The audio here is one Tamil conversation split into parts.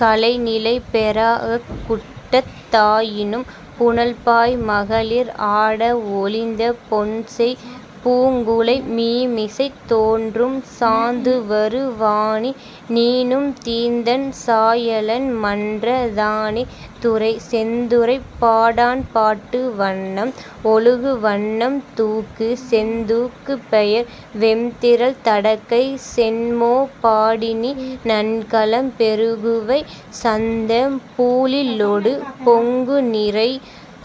கழைநிலை பெறாஅக் குட்டத் தாயினும் புனல்பாய் மகளிர் ஆட ஒழிந்த பொன்செய் பூங்குழை மீமிசைத் தோன்றும் சாந்துவரு வானி நீனும் தீந்தண் சாயலன் மன்ற தானே. துறை: செந்துறைப் பாடாண்பாட்டு வண்ணம்: ஒழுகுவண்ணம் தூக்கு: செந்தூக்கு பெயர்: வெம்திறல் தடக்கை சென்மோ பாடினி நன்கலம் பெறுகுவை சந்தம் பூழிலொடு பொங்குநுரை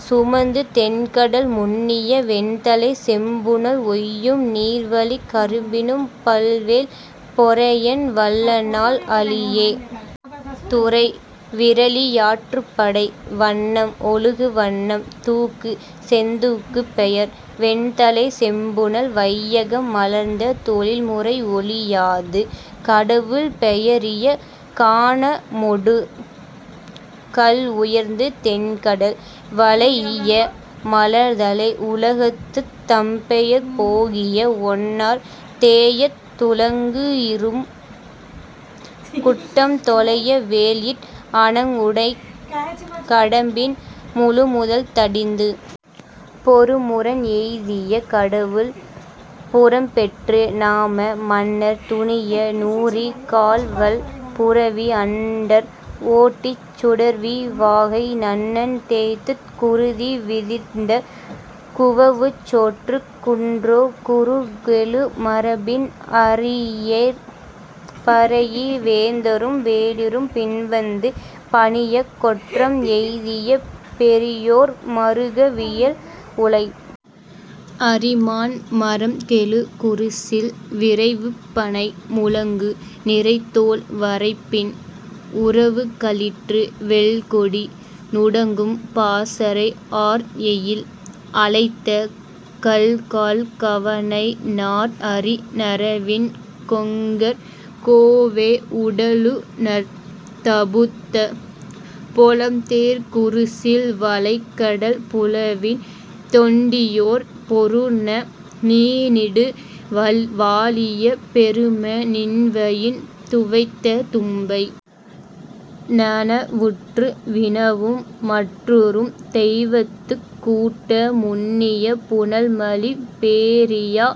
சுமந்து தெண்கடல் முன்னிய வெண்தலைச் செம்புனல் ஒய்யும் நீர்வழிக் கரும்பினும் பல்வேல் பொறையன் வல்லனால் அளியே. துறை: விறலியாற்றுப்படை வண்ணம்: ஒழுகுவண்ணம் தூக்கு: செந்தூக்கு பெயர்: வெண்தலைச் செம்புனல் வையகம் மலர்ந்த தொழில்முறை ஒழியாது கடவுள் பெயரிய கானமொடு கல்உயர்ந்து தெண்கடல் வளைஇய மலர்தலை உலகத்துத் தம்பெயர் போகிய ஒன்னார் தேயத் துளங்இரும் குட்டம் தொலைய வேல்இட் அணங்உடைக் கடம்பின் முழுமுதல் தடிந்து பொருமுரண் எய்திய கடவுள் புறம்பெற்று நாம மன்னர் துணிய நூறிக் கால்வல் புரவி அண்டர் ஓட்டிச் சுடர்வீ வாகை நன்னன் தேய்த்துக் குருதி விதிர்ந்த குவவுச்சோற்றுக் குன்றோ குருக்கெழு மரபின் அயிரை பரைஇ வேந்தரும் வேளிரும் பின்வந்து பணியக் கொற்றம் எய்திய பெரியோர் மருக வியல்உளை அரிமான் மறம்கெழு குருசில் விரவுப்பணை முழங்கு நிரைதோல் வரைப்பின் உரவுக்களிற்று வெல்கொடி நுடங்கும் பாசறை ஆர்எயில் அலைத்த கல்கால் கவணை நார்அரி நறவின் கொங்கர் கோவே உடலுநர்த் தபுத்த பொலம்தேர்க் புருசில் வளைகடல் முழவின் தொண்டியோர் பொருந நீநீடு வாழிய பெரும நின்வயின் துவைத்த தும்பை நனவுற்று வினவும் மாற்றொரும் தெய்வத்துக் கூட்ட முன்னிய புனல்மலி பேரியா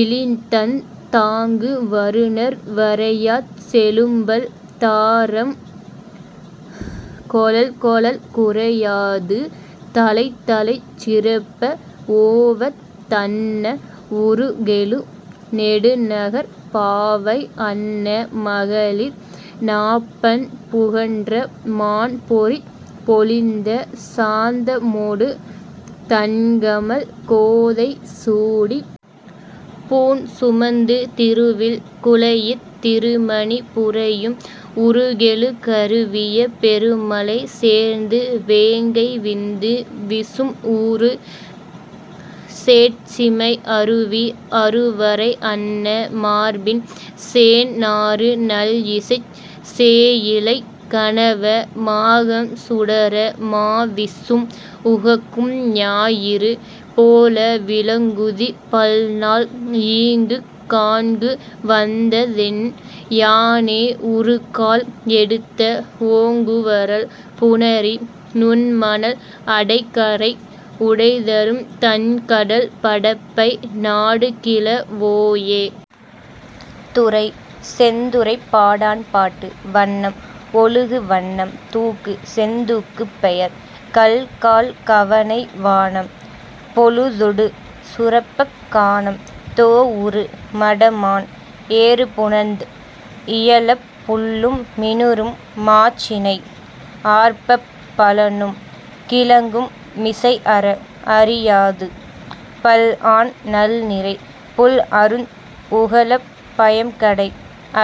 இழிதந் தாங்கு வருநர் வரையாச் செழும்பல் தாரம் கொளக்கொளக் குறையாது தலைத்தலைச் சிறப்ப ஓவத் தன்ன உருகெழு நெடுநகர்ப் பாவை அன்ன மகளிர் நாப்பண் புகன்ற மாண்பொறிப் பொலிந்த சாந்தமொடு தண்கமழ் கோதை சூடிப் பூண்சுமந்து திருவில் குலைஇத் திருமணி புரையும் உருகெழு கருவிய பெருமழை சேர்ந்து வேங்கை விந்து விசும்உறு சேட்சிமை அருவி அருவரை அன்ன மார்பின் சேண்நாறு நல்இசைச் சேயிழை கணவ மாகம் சுடர மாவிசும் உகக்கும் ஞாயிறு போல விளங்குதி பல்நாள் ஈங்குக் காண்கு வந்தனென் யானே உறுகால் எடுத்த ஓங்குவரல் புணரி நுண்மணல் அடைகரை உடைதரும் தண்கடல் படப்பை நாடுகிழ வோயே. துறை: செந்துறைப்பாடாண்பாட்டு வண்ணம்: ஒழுகுவண்ணம் தூக்கு: செந்தூக்கு பெயர்: கல்கால் கவணை வானம் பொழுதொடு சுரப்பக் கானம் தோஉறு மடமான் ஏறுபுணர்ந் இயலப் புள்ளும் மிஞிறும் மாச்சினை ஆர்ப்பப் பழனும் கிழங்கும் மிசைஅற அறியாது பல்ஆன் நல்நிரை புல்அருந் உகளப் பயம்கடை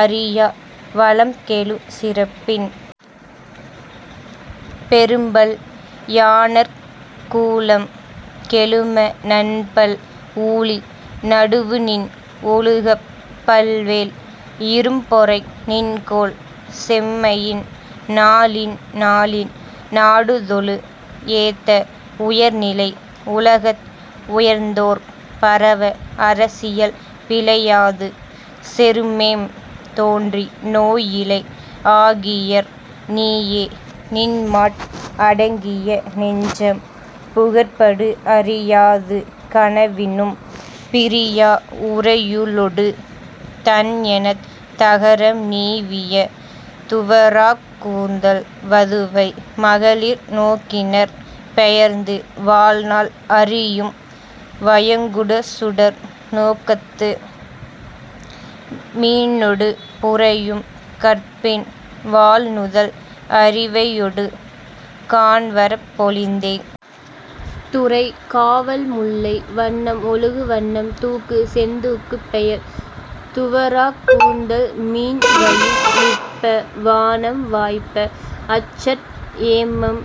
அறியா வளம்கெழு சிறப்பின் பெரும்பல் யாணர்க் கூலம் கெழும நன்பல் ஊழி நடுவுநின் ஒழுகப் பல்வேல் இரும்பொறை நின்கோல் செம்மையின் நாளின் நாளின் நாடுதொழு ஏத்த உயர்நிலை உலகத் உயர்ந்தோர் பரவ அரசியல் பிழையாது செருமேம் தோன்றி நோய்இலை ஆகியர் நீயே நின்மாட் அடங்கிய நெஞ்சம் புகர்படு அறியாது கனவினும் பிரியா உறையுளொடு தண்எனத் தகரம் நீவிய துவராக் கூந்தல் வதுவை மகளிர் நோக்கினர் பெயர்ந்து வாழ்நாள் அறியும் வயங்குசுடர் நோக்கத்து மீனொடு புரையும் கற்பின் வாள்நுதல் அரிவையொடு காண்வரப் பொலிந்தே. துறை: காவல்முல்லை வண்ணம்: ஒழுகுவண்ணம் தூக்கு: செந்தூக்கு பெயர்: துவராக் கூந்தல் மீன்வயின் நிற்ப வானம் வாய்ப்ப அச்அற் ஏமம்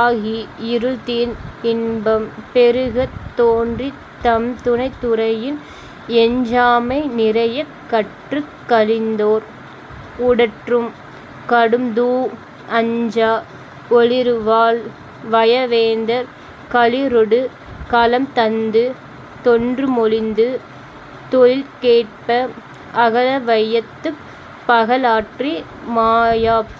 ஆகி இருள்தீர்ந் இன்பம் பெருகத் தோன்றித் தம்துணைத் துறையின் எஞ்சாமை நிறையக் கற்றுக் கழிந்தோர் உடற்றும் கடும்தூ அஞ்சா ஒளிறுவாள் வயவேந்தர் களிறொடு கலம்தந்து தொன்றுமொழிந்து தொழில்கேட்ப அகலவையத்துப் பகல்ஆற்றி மாயாப்